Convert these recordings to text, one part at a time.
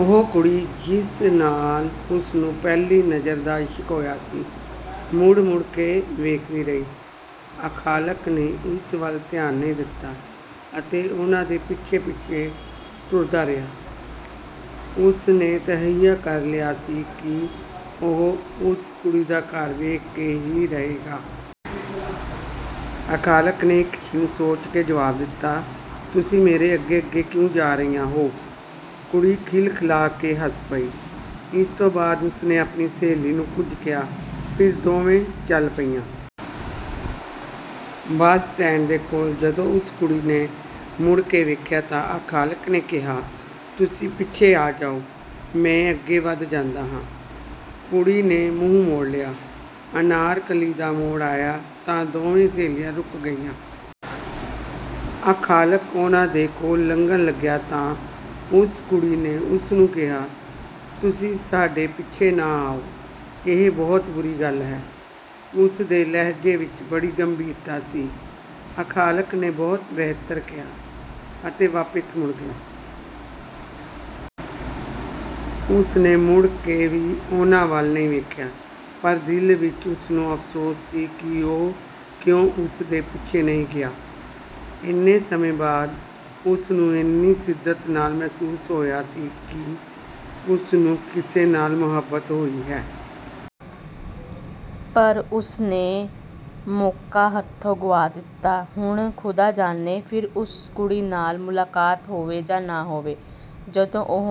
ਉਹ ਕੁੜੀ ਜਿਸ ਨਾਲ ਉਸ ਨੂੰ ਪਹਿਲੀ ਨਜ਼ਰ ਦਾ ਇਸ਼ਕ ਹੋਇਆ ਸੀ ਮੁੜ ਮੁੜ ਕੇ ਵੇਖਦੀ ਰਹੀ। ਅਖ਼ਲਾਕ ਨੇ ਇਸ ਵੱਲ ਧਿਆਨ ਨਹੀਂ ਦਿੱਤਾ ਅਤੇ ਉਨ੍ਹਾਂ ਦੇ ਪਿੱਛੇ ਪਿੱਛੇ ਤੁਰਦਾ ਰਿਹਾ। ਉਸ ਨੇ ਤਹੱਈਆ ਕਰ ਲਿਆ ਸੀ ਕਿ ਉਹ ਉਸ ਕੁੜੀ ਦਾ ਘਰ ਵੇਖ ਕੇ ਹੀ ਰਹੇਗਾ। ਅਖ਼ਲਾਕ ਨੇ ਇੱਕ ਛਿਣ ਸੋਚ ਕੇ ਜਵਾਬ ਦਿੱਤਾ "ਤੁਸੀਂ ਮੇਰੇ ਅੱਗੇ ਅੱਗੇ ਕਿਉਂ ਜਾ ਰਹੀਆਂ ਹੋ?" ਕੁੜੀ ਖਿਲਖਿਲਾ ਕੇ ਹੱਸ ਪਈ। ਇਸ ਤੋਂ ਬਾਅਦ ਉਸ ਨੇ ਆਪਣੀ ਸਹੇਲੀ ਨੂੰ ਕੁਝ ਕਿਹਾ ਫਿਰ ਦੋਵੇਂ ਚੱਲ ਪਈਆਂ। ਬੱਸ ਸਟੈਂਡ ਦੇ ਕੋਲ ਜਦੋਂ ਉਸ ਕੁੜੀ ਨੇ ਮੁੜ ਕੇ ਵੇਖਿਆ ਤਾਂ ਅਖ਼ਲਾਕ ਨੇ ਕਿਹਾ "ਤੁਸੀਂ ਪਿੱਛੇ ਆ ਜਾਓ ਮੈਂ ਅੱਗੇ ਵੱਧ ਜਾਂਦਾ ਹਾਂ।" ਕੁੜੀ ਨੇ ਮੂੰਹ ਮੋੜ ਲਿਆ। ਅਨਾਰਕਲੀ ਦਾ ਮੋੜ ਆਇਆ ਤਾਂ ਦੋਵੇਂ ਸਹੇਲੀਆਂ ਰੁਕ ਗਈਆਂ। ਅਖ਼ਲਾਕ ਉਨ੍ਹਾਂ ਦੇ ਕੋਲੋਂ ਲੰਘਣ ਲੱਗਿਆ ਤਾਂ ਉਸ ਕੁੜੀ ਨੇ ਉਸ ਨੂੰ ਕਿਹਾ "ਤੁਸੀਂ ਸਾਡੇ ਪਿੱਛੇ ਨਾ ਆਓ ਇਹ ਬਹੁਤ ਬੁਰੀ ਗੱਲ ਹੈ।" ਉਸ ਦੇ ਲਹਿਜੇ ਵਿੱਚ ਬੜੀ ਗੰਭੀਰਤਾ ਸੀ। ਅਖ਼ਲਾਕ ਨੇ "ਬਹੁਤ ਬਿਹਤਰ" ਕਿਹਾ ਅਤੇ ਵਾਪਸ ਮੁੜ ਗਿਆ। ਉਸ ਨੇ ਮੁੜ ਕੇ ਵੀ ਉਨ੍ਹਾਂ ਵੱਲ ਨਹੀਂ ਵੇਖਿਆ। ਪਰ ਦਿਲ ਵਿੱਚ ਉਸ ਨੂੰ ਅਫ਼ਸੋਸ ਸੀ ਕਿ ਉਹ ਕਿਉਂ ਉਸ ਦੇ ਪਿੱਛੇ ਨਹੀਂ ਗਿਆ। ਇੰਨੇ ਸਮੇਂ ਬਾਅਦ ਉਸ ਨੂੰ ਇੰਨੀ ਸ਼ਿੱਦਤ ਨਾਲ ਮਹਿਸੂਸ ਹੋਇਆ ਸੀ ਕਿ ਉਸ ਨੂੰ ਕਿਸੇ ਨਾਲ ਮੁਹੱਬਤ ਹੋਈ ਹੈ। ਪਰ ਉਸ ਨੇ ਮੌਕਾ ਹੱਥੋਂ ਗੁਆ ਦਿੱਤਾ। ਹੁਣ ਖ਼ੁਦਾ ਜਾਣੇ ਫਿਰ ਉਸ ਕੁੜੀ ਨਾਲ ਮੁਲਾਕਾਤ ਹੋਵੇ ਜਾਂ ਨਾ ਹੋਵੇ। ਜਦੋਂ ਉਹ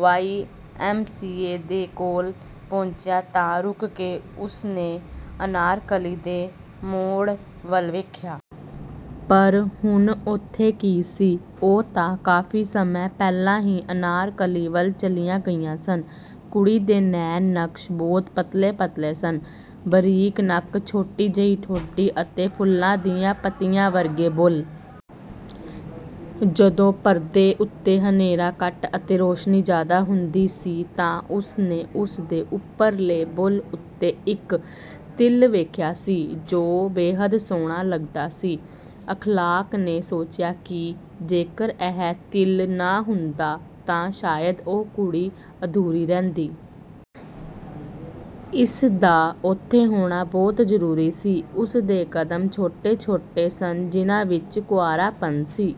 ਵਾਈ ਐਮ ਸੀ ਏ ਦੇ ਕੋਲ ਪਹੁੰਚਿਆ ਤਾਂ ਰੁਕ ਕੇ ਉਸ ਨੇ ਅਨਾਰਕਲੀ ਦੇ ਮੋੜ ਵੱਲ ਵੇਖਿਆ। ਪਰ ਹੁਣ ਉੱਥੇ ਕੀ ਸੀ? ਉਹ ਤਾਂ ਕਾਫ਼ੀ ਸਮਾਂ ਪਹਿਲਾਂ ਹੀ ਅਨਾਰਕਲੀ ਵੱਲ ਚਲੀਆਂ ਗਈਆਂ ਸਨ। ਕੁੜੀ ਦੇ ਨੈਣ ਨਕਸ਼ ਬਹੁਤ ਪਤਲੇ ਪਤਲੇ ਸਨ। ਬਰੀਕ ਨੱਕ ਛੋਟੀ ਜਿਹੀ ਠੋਡੀ ਅਤੇ ਫੁੱਲ ਦੀਆਂ ਪੱਤੀਆਂ ਵਰਗੇ ਬੁੱਲ੍ਹ। ਜਦੋਂ ਪਰਦੇ ਉੱਤੇ ਹਨੇਰਾ ਘੱਟ ਅਤੇ ਰੌਸ਼ਨੀ ਜ਼ਿਆਦਾ ਹੁੰਦੀ ਸੀ ਤਾਂ ਉਸ ਨੇ ਉਸ ਦੇ ਉਪਰਲੇ ਬੁੱਲ੍ਹ ਉੱਤੇ ਇੱਕ ਤਿਲ ਵੇਖਿਆ ਸੀ ਜੋ ਬੇਹੱਦ ਸੋਹਣਾ ਲੱਗਦਾ ਸੀ। ਅਖ਼ਲਾਕ ਨੇ ਸੋਚਿਆ ਸੀ ਕਿ ਜੇਕਰ ਇਹ ਤਿਲ ਨਾ ਹੁੰਦਾ ਤਾਂ ਸ਼ਾਇਦ ਉਹ ਕੁੜੀ ਅਧੂਰੀ ਰਹਿੰਦੀ। ਇਸ ਦਾ ਉੱਥੇ ਹੋਣਾ ਬਹੁਤ ਜ਼ਰੂਰੀ ਸੀ। ਉਸ ਦੇ ਕਦਮ ਛੋਟੇ ਛੋਟੇ ਸਨ ਜਿਨ੍ਹਾਂ ਵਿੱਚ ਕੁਆਰਾਪਣ ਸੀ।